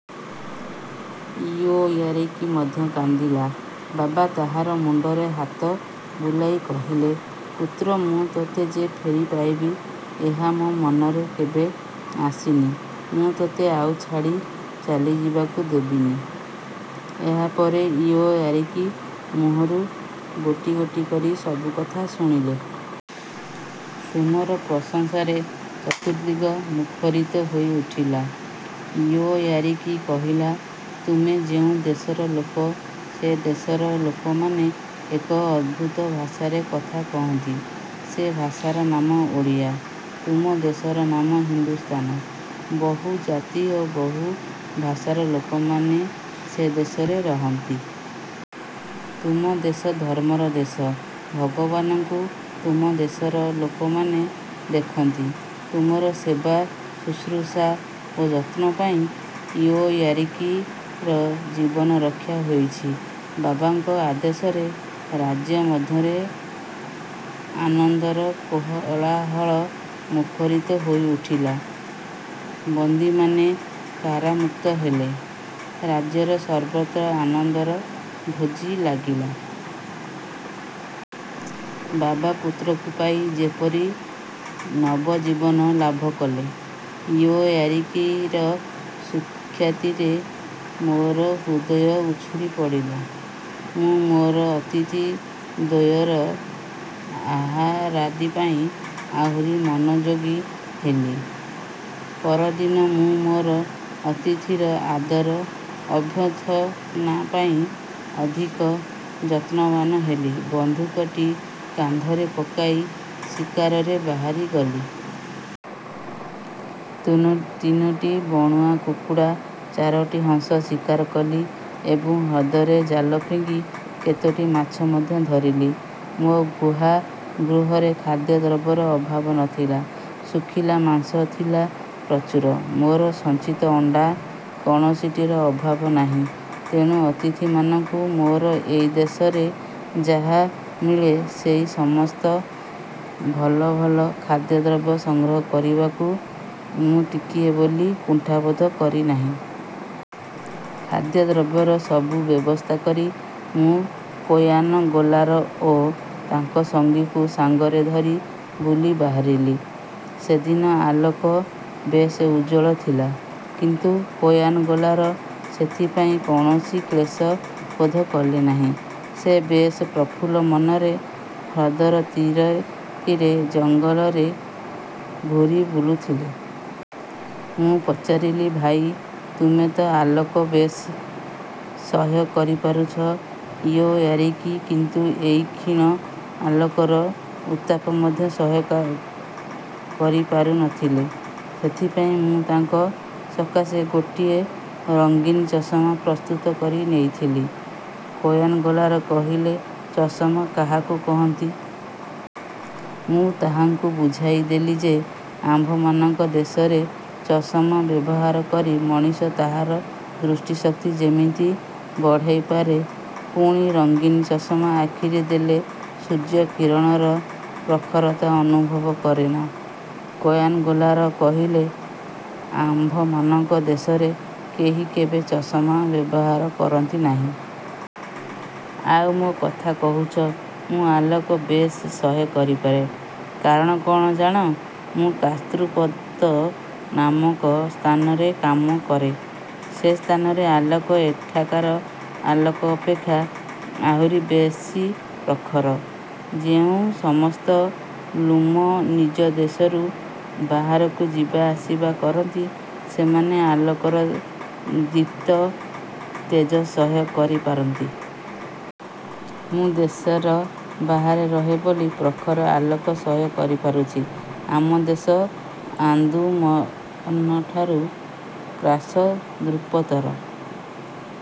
ଇଉଓୟାରକି ମଧ୍ୟ କାନ୍ଦିଲା। ବାବା ତାହାର ମୁଣ୍ଡରେ ହାତ ବୁଲାଇ କହିଲେ, ପୁତ୍ର, ମୁଁ ତୋତେ ଯେ ଫେରିପାଇବି, ଏହା ମୋ ମନରେ କେବେ। ଆସିନି। ମୁଁ ତୋତେ ଆଉ ଛାଡ଼ି ଚାଲିଯିବାକୁ ଦେବିନି। ଏହାପରେ ଇଉଓୟାରକି ମୁହଁରୁ ଗୋଟି ଗୋଟି କରି ସବୁ କଥା ଶୁଣିଲେ। ତୁମର ପ୍ରଶଂସାରେ ଚତୁର୍ଦ୍ଦିଗ ମୁଖରିତ ହୋଇଉଠିଲା। ଇଉଓୟାରକି କହିଲା, ତୁମେ ଯେଉଁ ଦେଶର ଲୋକ, ସେ ଦେଶର ଲୋକମାନେ ଏକ ଅଦ୍ଭୁତ ଭାଷାରେ କଥା କହନ୍ତି, ସେ ଭାଷାର ନାମ ଓଡ଼ିଆ। ତୁମ ଦେଶର ନାମ ହିନ୍ଦୁସ୍ଥାନ। ବହୁ ଜାତି ଓ ବହୁ ଭାଷାର ଲୋକମାନେ ସେ ଦେଶରେ ରହନ୍ତି। ତୁମ ଦେଶ ଧର୍ମର ଦେଶ, ଭଗବାନଙ୍କୁ ତୁମ ଦେଶର ଲୋକମାନେ ଦେଖନ୍ତି। ତୁମର ସେବା ଶୁଶ୍ରୂଷା ଓ ଯତ୍ନପାଇଁ ଇଉଓୟାରକିର ଜୀବନ ରକ୍ଷା ହୋଇଛି। ବାବାଙ୍କ ଆଦେଶରେ ରାଜ୍ୟ ମଧ୍ୟରେ ଆନନ୍ଦର କୋଳାହଳ ମୁଖରିତ ହୋଇଉଠିଲା। ବନ୍ଦୀମାନେ କାରାମୁକ୍ତ ହେଲେ। ରାଜ୍ୟର ସର୍ବତ୍ର ଆନନ୍ଦର ଭୋଜି ଲାଗିଲା। ବାବା ପୁତ୍ରକୁ ପାଇ ଯେପରି ନବଜୀବନ ଲାଭ କଲେ। ଇଉଓୟାରକିର ସୁଖ୍ୟାତିରେ ମୋର ହୃଦୟ ଉଛୁଳି ପଡ଼ିଲା। ମୁଁ ମୋର ଅତିଥି ଦ୍ୱୟର ଆହାରାଦିପାଇଁ ଆହୁରି ମନୋଯୋଗୀ ହେଲି। ପରଦିନ ମୁଁ ମୋର ଅତିଥିର ଆଦର ଅଭ୍ୟର୍ଥନାପାଇଁ ଅଧିକ ଯତ୍ନବାନ ହେଲି। ବନ୍ଧୁକଟି କାନ୍ଧରେ ପକାଇ ଶିକାରରେ ବାହାରିଗଲି। ତିନୋଟି ବଣୁଆ କୁକୁଡ଼ା, ଚାରୋଟି ହଂସ ଶିକାର କଲି ଏବଂ ହ୍ରଦରେ ଜାଲ ଫିଙ୍ଗି କେତୋଟି ମାଛ ମଧ୍ୟ ଧରିଲି। ମୋ ଗୁହା-ଗୃହରେ ଖାଦ୍ୟଦ୍ରବ୍ୟର ଅଭାବ ନ ଥିଲା। ଶୁଖିଲା ମାଂସ ଥିଲା ପ୍ରଚୁର, ମୋର ସଞ୍ଚିତ ଅଣ୍ଡା-କୌଣସିଟିର ଅଭାବ ନାହିଁ। ତେଣୁ ଅତିଥିମାନଙ୍କୁ ମୋର ଏଇ ଦେଶରେ ଯାହା ମିଳେ, ସେଇ ସମସ୍ତ ଭଲ ଭଲ ଖାଦ୍ୟଦ୍ରବ୍ୟ ସଂଗ୍ରହ କରିବାକୁ ମୁଁ ଟିକିଏ ବୋଲି କୁଣ୍ଠାବୋଧ କରିନାହିଁ। ଖାଦ୍ୟଦ୍ରବ୍ୟର ସବୁ ବ୍ୟବସ୍ଥା କରି ମୁଁ କୋୟାନ ଗୋଲାର ଓ ତାଙ୍କ ସଙ୍ଗୀକୁ ସାଙ୍ଗରେ ଧରି ବୁଲି ବାହାରିଲି। ସେଦିନ ଆଲୋକ ବେଶ୍ ଉଜ୍ଜ୍ୱଳ ଥିଲା, କିନ୍ତୁ କୋୟାନ ଗୋଲାର ସେଥିପାଇଁ କୌଣସି କ୍ଳେଶ ବୋଧ କଲେ ନାହିଁ। ସେ ବେଶ୍ ପ୍ରଫୁଲ୍ଲ ମନରେ ହ୍ରଦର ତୀରେ ତୀରେ ଜଙ୍ଗଲରେ ଘୂରି ବୁଲୁଥିଲେ। ମୁଁ ପଚାରିଲି ଭାଇ, ତୁମେ ତ ଆଲୋକ ବେଶ ସହ୍ୟ କରିପାରୁଛ। ଇଉଓୟାରକି କିନ୍ତୁ ଏଇ କ୍ଷୀଣ ଆଲୋକର ଉତ୍ତାପ ମଧ୍ୟ ସହ୍ୟ କରିପାରୁନଥିଲେ। ସେଥିପାଇଁ ମୁଁ ତାଙ୍କ ସକାଶେ ଗୋଟିଏ ରଙ୍ଗୀନ ଚଷମା ପ୍ରସ୍ତୁତ କରି ନେଇଥିଲି। କୋୟାନ ଗୋଲାର କହିଲେ, ଚଷମା କାହାକୁ କହନ୍ତି? ମୁଁ ତାହାଙ୍କୁ ବୁଝାଇଦେଲି ଯେ, ଆମ୍ଭମାନଙ୍କ ଦେଶରେ ଚଷମା ବ୍ୟବହାର କରି ମଣିଷ ତାହାର ଦୃଷ୍ଟିଶକ୍ତି ଯେମିତି ଚଢ଼ାଇପାରେ, ପୁଣି ରଙ୍ଗୀନ ଚଷମା ଆଖିରେ ଦେଲେ ସୂର୍ଯ୍ୟ କିରଣର ପ୍ରଖରତା ଅନୁଭବ କରେନା। କୋୟାନ ଗୋଲାର କହିଲେ, ''ଆମ୍ଭମାନଙ୍କ ଦେଶରେ କେହି କେବେ ଚଷମା ବ୍ୟବହାର କରନ୍ତି ନାହିଁ। ଆଉ ମୋ କଥା କହୁଛ, ମୁଁ ଆଲୋକ ବେଶ୍ ସହ୍ୟ କରିପାରେ। କାରଣ କ'ଣ ଜାଣ? ମୁଁ କ୍ରାସ୍ଦୃପତ ନାମକ ସ୍ଥାନରେ କାମ କରେ। ସେ ସ୍ଥାନରେ ଆଲୋକ ଏଠାକାର ଆଲୋକ ଅପେକ୍ଷା ଆହୁରି ବେଶୀ ପ୍ରଖର। ଯେଉଁ ସମସ୍ତ ଲ୍ଲୁମ ନିଜ ଦେଶରୁ ବାହରକୁ ଯିବା ଆସିବା କରନ୍ତି ସେମାନେ ଆଲୋକର ଦୀପ୍ତ ତେଜ ସହ୍ୟ କରିପାରନ୍ତି। ମୁଁ ଦେଶର ବାହାରେ ରହେ ବୋଲି ପ୍ରଖର ଆଲୋକ ସହ୍ୟ କରିପାରୁଛି। ଆମ ଦେଶ ଆନ୍ଦୁର୍ମନଠାରୁ କ୍ରାସଦୃପତର